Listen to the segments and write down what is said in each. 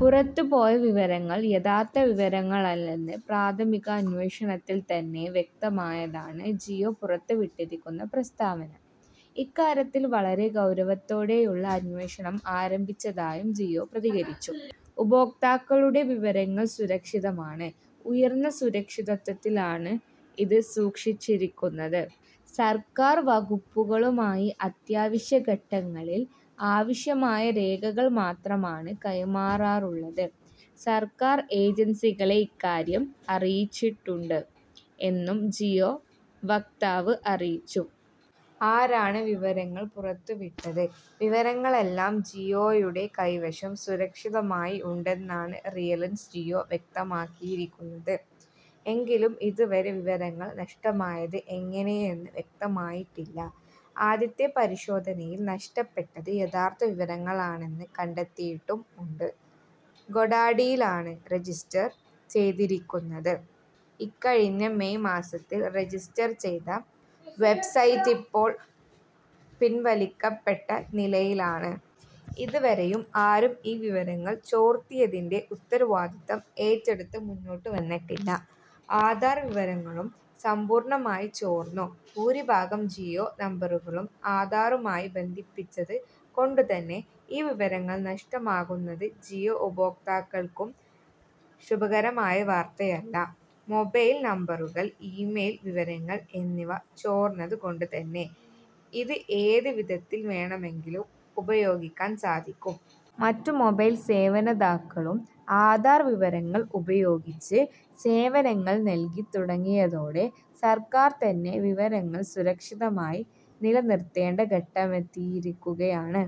പുറത്തുപോയ വിവരങ്ങൾ യഥാർത്ഥ വിവരങ്ങളല്ലെന്ന് പ്രാഥമികാന്വേഷണത്തിൽ തന്നെ വ്യക്തമായതായാണ് ജിയോ പുറത്തുവിട്ടിരിക്കുന്ന പ്രസ്താവന. ഇക്കാര്യത്തിൽ വളരെ ഗൌരവത്തോടെയുള്ള അന്വേഷണം ആരംഭിച്ചതായും ജിയോ പ്രതികരിച്ചു. "ഉപഭോക്താക്കളുടെ വിവരങ്ങൾ സുരക്ഷിതമാണ്. ഉയർന്ന സുരക്ഷിതത്വത്തിലാണ് ഇത് സൂക്ഷിച്ചിരിക്കുന്നത്. സർക്കാർ വകുപ്പുകളുമായി അത്യാവശ്യ ഘട്ടങ്ങളിൽ ആവശ്യമായ രേഖകൾ മാത്രമാണ് കൈമാറാറുള്ളത്. സർക്കാർ ഏജൻസികളെ ഇക്കാര്യം അറിയിച്ചിട്ടുണ്ട്", എന്നും ജിയോ വക്താവ് അറിയിച്ചു. ആരാണ് വിവരങ്ങൾ പുറത്തുവിട്ടത്? വിവരങ്ങൾ എല്ലാം ജിയോയുടെ കൈവശം സുരക്ഷിതമായി ഉണ്ടെന്നാണ് റിലയൻസ് ജിയോ വ്യക്തമാക്കിയിരിക്കുന്നത്. എങ്കിലും ഇതുവരെ വിവരങ്ങൾ നഷ്ടമായത് എങ്ങിനെയെന്ന് വ്യക്തമായിട്ടില്ല. ആദ്യത്തെ പരിശോധനയിൽ നഷ്ടപ്പെട്ടത് യഥാർത്ഥ വിവരങ്ങളാണെന്ന് കണ്ടെത്തിയിട്ടും ഉണ്ട്. ഗോഡാഡി യിലാണ്. രജിസ്റ്റർ ചെയ്തിരിക്കുന്നത്. ഇക്കഴിഞ്ഞ മെയ് മാസത്തിൽ രജിസ്റ്റർ ചെയ്ത വെബ്സൈറ്റ് ഇപ്പോൾ പിൻവലിക്കപ്പെട്ട നിലയിലാണ്. ഇതുവരെയും ആരും ഈ വിവരങ്ങൾ ചോർത്തിയതിന്റെ ഉത്തരവാദിത്വം ഏറ്റെടുത്ത് മുന്നോട്ട് വന്നിട്ടില്ല. ആധാർ വിവരങ്ങളും സമ്പൂർണ്ണമായി ചോർന്നോ? ഭൂരിഭാഗം ജിയോ നമ്പറുകളും ആധാറുമായി ബന്ധിപ്പിച്ചത് കൊണ്ട് തന്നെ, ഈ വിവരങ്ങൾ നഷ്ടമാകുന്നത് ജിയോ ഉപഭോക്താക്കൾക്കും ശുഭകരമായ വാർത്തയല്ല. മൊബൈൽ നമ്പറുകൾ ഇമെയിൽ വിവരങ്ങൾ എന്നിവ ചോർന്നത് കൊണ്ട് തന്നെ ഇത് ഏത് വിധത്തിൽ വേണമെങ്കിലും ഉപയോഗിക്കാൻ സാധിക്കും. മറ്റ് മൊബൈൽ സേവന ദാതാക്കളും ആധാർ വിവരങ്ങൾ ഉപയോഗിച്ച് സേവനങ്ങൾ നൽകി തുടങ്ങിയതോടെ സർക്കാർ തന്നെ വിവരങ്ങൾ സുരക്ഷിതമായി നിലനിർത്തേണ്ട ഘട്ടമെത്തിയിരിക്കുകയാണ്.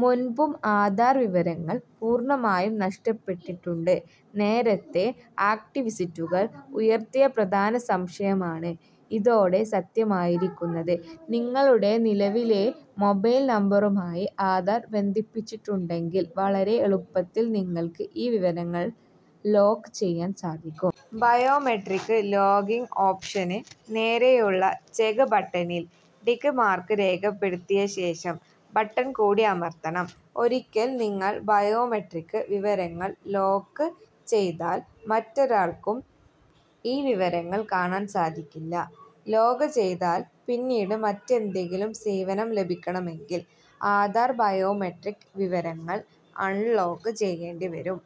മുൻപും ആധാർ വിവരങ്ങൾ പൂർണ്ണമായും നഷ്ടപ്പെട്ടിട്ടുണ്ട്. നേരത്തേ ആക്ടിവിസ്റ്റുകൾ ഉയർത്തിയ പ്രധാന സംശയമാണ് ഇതോടെ സത്യമായിരിക്കുന്നത്. നിങ്ങളുടെ നിലവിലെ മൊബൈൽ നമ്പറുമായി ആധാർ ബന്ധിപ്പിച്ചിട്ടുണ്ടെങ്കിൽ വളരെ എളുപ്പത്തിൽ നിങ്ങൾക്ക് ഈ വിവരങ്ങൾ ലോക്ക് ചെയ്യാൻ സാധിക്കും. ബയോമെട്രിക് ലോക്കിംഗ് ഓപ്ഷന് നേരെയുള്ള ചെക് ബട്ടണിൽ ടിക് മാർക് രേഖപ്പെടുത്തിയ ശേഷം ബട്ടൺ കൂടി അമർത്തണം. ഒരിക്കൽ നിങ്ങൾ ബയോമെട്രിക് വിവരങ്ങൾ ലോക്ക് ചെയ്താൽ മറ്റൊരാൾക്കും ഈ വിവരങ്ങൾ കാണാൻ സാധിക്കില്ല. ലോക് ചെയ്താൽ പിന്നീട് മറ്റെന്തെങ്കിലും സേവനം ലഭിക്കണമെങ്കിൽ ആധാർ ബയോമെട്രിക് വിവരങ്ങൾ അൺലോക് ചെയ്യേണ്ടി വരും.